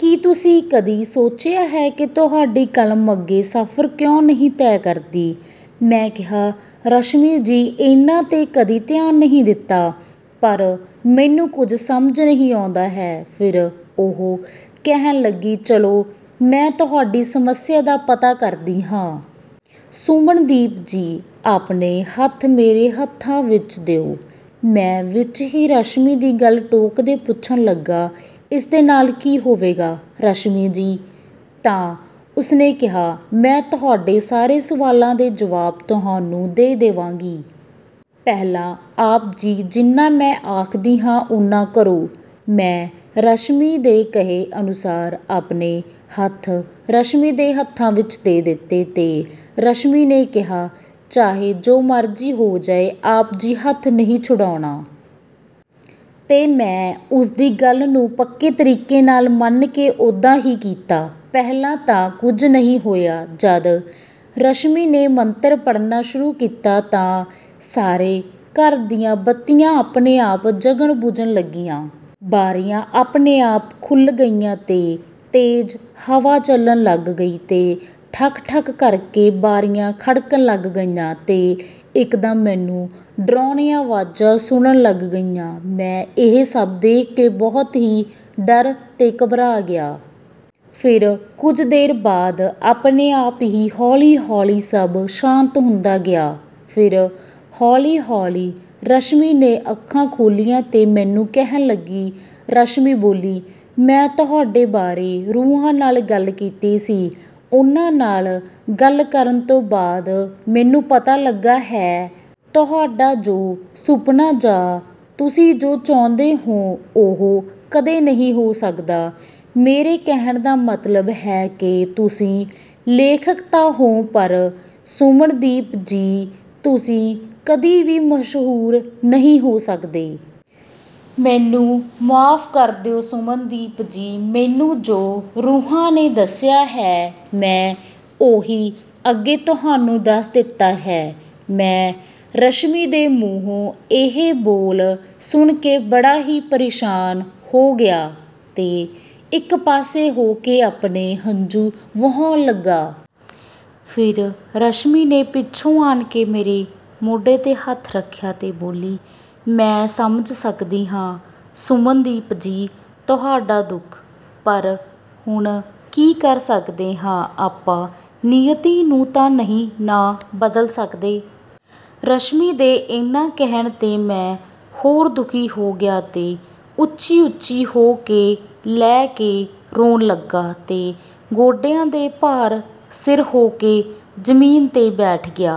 ਕੀ ਤੁਸੀਂ ਕਦੀ ਸੋਚਿਆ ਹੈ ਕਿ ਤੁਹਾਡੀ ਕਲਮ ਅੱਗੇ ਸਫ਼ਰ ਕਿਉਂ ਨਹੀਂ ਤੈਅ ਕਰਦੀ? ਮੈਂ ਕਿਹਾ, "ਰਸ਼ਮੀ ਜੀ, ਇਹਨਾਂ 'ਤੇ ਕਦੀ ਧਿਆਨ ਨਹੀਂ ਦਿੱਤਾ, ਪਰ ਮੈਨੂੰ ਕੁਝ ਸਮਝ ਨਹੀਂ ਆਉਂਦਾ ਹੈ। ਫਿਰ ਉਹ ਕਹਿਣ ਲੱਗੀ, ਚਲੋ, ਮੈਂ ਤੁਹਾਡੀ ਸਮੱਸਿਆ ਦਾ ਪਤਾ ਕਰਦੀ ਹਾਂ। ਸੁਮਨਦੀਪ ਜੀ, ਆਪਣੇ ਹੱਥ ਮੇਰੇ ਹੱਥਾਂ ਵਿੱਚ ਦਿਓ। ਮੈਂ ਵਿਚ ਹੀ ਰਸ਼ਮੀ ਦੀ ਗੱਲ ਟੋਕਦੇ ਪੁੱਛਣ ਲੱਗਾ, ਇਸ ਦੇ ਨਾਲ ਕੀ ਹੋਵੇਗਾ, ਰਸ਼ਮੀ ਜੀ? ਤਾਂ ਉਸਨੇ ਕਿਹਾ, ਮੈਂ ਤੁਹਾਡੇ ਸਾਰੇ ਸਵਾਲਾਂ ਦੇ ਜਵਾਬ ਤੁਹਾਨੂੰ ਦੇ ਦੇਵਾਂਗੀ। ਪਹਿਲਾਂ ਆਪ ਜੀ ਜਿੰਨਾਂ ਮੈਂ ਆਖਦੀ ਹਾਂ, ਉਨ੍ਹਾਂ ਕਰੋ। ਮੈਂ ਰਸ਼ਮੀ ਦੇ ਕਹੇ ਅਨੁਸਾਰ ਆਪਣੇ ਹੱਥ ਰਸ਼ਮੀ ਦੇ ਹੱਥਾਂ ਵਿੱਚ ਦੇ ਦਿੱਤੇ ਤੇ ਰਸ਼ਮੀ ਨੇ ਕਿਹਾ, ਚਾਹੇ ਜੋ ਮਰਜ਼ੀ ਹੋ ਜਾਏ, ਆਪ ਜੀ ਹੱਥ ਨਹੀਂ ਛਡਾਉਣਾ। ਤੇ ਮੈਂ ਉਸਦੀ ਗੱਲ ਨੂੰ ਪੱਕੇ ਤਰੀਕੇ ਨਾਲ ਮੰਨ ਕੇ ਓਦਾ ਹੀ ਕੀਤਾ। ਪਹਿਲਾਂ ਤਾਂ ਕੁਝ ਨਹੀਂ ਹੋਇਆ। ਜਦ ਰਸ਼ਮੀ ਨੇ ਮੰਤਰ ਪੜ੍ਹਨਾ ਸ਼ੁਰੂ ਕੀਤਾ ਤਾਂ ਸਾਰੇ ਘਰ ਦੀਆਂ ਬੱਤੀਆਂ ਆਪਣੇ ਆਪ ਜਗਣ-ਬੁਝਣ ਲੱਗੀਆਂ। ਬਾਰੀਆਂ ਆਪਣੇ ਆਪ ਖੁੱਲ੍ਹ ਗਈਆਂ ਤੇ ਤੇਜ਼ ਹਵਾ ਚੱਲਣ ਲੱਗ ਗਈ ਤੇ ਠੱਕ-ਠੱਕ ਕਰਕੇ ਬਾਰੀਆਂ ਖੜਕਣ ਲੱਗ ਗਈਆਂ। ਤੇ ਇਕਦਮ ਮੈਨੂੰ ਡਰਾਉਣੀਆਂ ਆਵਾਜ਼ਾਂ ਸੁਣਨ ਲੱਗ ਗਈਆਂ। ਮੈਂ ਇਹ ਸਭ ਦੇਖ ਕੇ ਬਹੁਤ ਹੀ ਡਰ ਤੇ ਘਬਰਾ ਗਿਆ। ਫਿਰ ਕੁਝ ਦੇਰ ਬਾਅਦ ਆਪਣੇ ਆਪ ਹੀ ਹੌਲੀ-ਹੌਲੀ ਸਭ ਸ਼ਾਂਤ ਹੁੰਦਾ ਗਿਆ। ਫਿਰ ਹੌਲੀ-ਹੌਲੀ ਰਸ਼ਮੀ ਨੇ ਅੱਖਾਂ ਖੋਲ੍ਹੀਆਂ ਤੇ ਮੈਨੂੰ ਕਹਿਣ ਲੱਗੀ। ਰਸ਼ਮੀ ਬੋਲੀ, ਮੈਂ ਤੁਹਾਡੇ ਬਾਰੇ ਰੂਹਾਂ ਨਾਲ ਗੱਲ ਕੀਤੀ ਸੀ। ਉਹਨਾਂ ਨਾਲ ਗੱਲ ਕਰਨ ਤੋਂ ਬਾਅਦ ਮੈਨੂੰ ਪਤਾ ਲੱਗਾ ਹੈ। ਤੁਹਾਡਾ ਜੋ ਸੁਪਨਾ ਜਾਂ ਤੁਸੀਂ ਜੋ ਚਾਹੁੰਦੇ ਹੋ, ਉਹ ਕਦੇ ਨਹੀਂ ਹੋ ਸਕਦਾ। ਮੇਰੇ ਕਹਿਣ ਦਾ ਮਤਲਬ ਹੈ ਕਿ ਤੁਸੀਂ ਲੇਖਕ ਤਾਂ ਹੋ, ਪਰ ਸੁਮਨਦੀਪ ਜੀ, ਤੁਸੀਂ ਕਦੀ ਵੀ ਮਸ਼ਹੂਰ ਨਹੀਂ ਹੋ ਸਕਦੇ। ਮੈਨੂੰ ਮੁਆਫ਼ ਕਰ ਦਿਉ, ਸੁਮਨਦੀਪ ਜੀ। ਮੈਨੂੰ ਜੋ ਰੂਹਾਂ ਨੇ ਦੱਸਿਆ ਹੈ, ਮੈਂ ਉਹੀ ਅੱਗੇ ਤੁਹਾਨੂੰ ਦੱਸ ਦਿੱਤਾ ਹੈ। ਮੈਂ ਰਸ਼ਮੀ ਦੇ ਮੂੰਹੋਂ ਇਹ ਬੋਲ ਸੁਣਕੇ ਬੜਾ ਹੀ ਪਰੇਸ਼ਾਨ ਹੋ ਗਿਆ ਤੇ ਇੱਕ ਪਾਸੇ ਹੋ ਕੇ ਆਪਣੇ ਹੰਝੂ ਵਹਾਉਣ ਲੱਗਾ। ਫਿਰ ਰਸ਼ਮੀ ਨੇ ਪਿੱਛੋਂ ਆਣ ਕੇ ਮੇਰੇ ਮੋਢੇ 'ਤੇ ਹੱਥ ਰੱਖਿਆ ਤੇ ਬੋਲੀ, ਮੈਂ ਸਮਝ ਸਕਦੀ ਹਾਂ, ਸੁਮਨਦੀਪ ਜੀ, ਤੁਹਾਡਾ ਦੁੱਖ, ਪਰ ਹੁਣ ਕੀ ਕਰ ਸਕਦੇ ਹਾਂ? ਆਪਾਂ ਨੀਅਤੀ ਨੂੰ ਤਾਂ ਨਹੀਂ ਨਾ ਬਦਲ ਸਕਦੇ। ਰਸ਼ਮੀ ਦੇ ਇੰਨਾ ਕਹਿਣ 'ਤੇ ਮੈਂ ਹੋਰ ਦੁਖੀ ਹੋ ਗਿਆ ਤੇ ਉੱਚੀ-ਉੱਚੀ ਹੋ ਕੇ ਲੈ ਕੇ ਰੋਣ ਲੱਗਾ ਤੇ ਗੋਡਿਆਂ ਦੇ ਭਾਰ ਸਿਰ ਹੋ ਕੇ ਜ਼ਮੀਨ 'ਤੇ ਬੈਠ ਗਿਆ।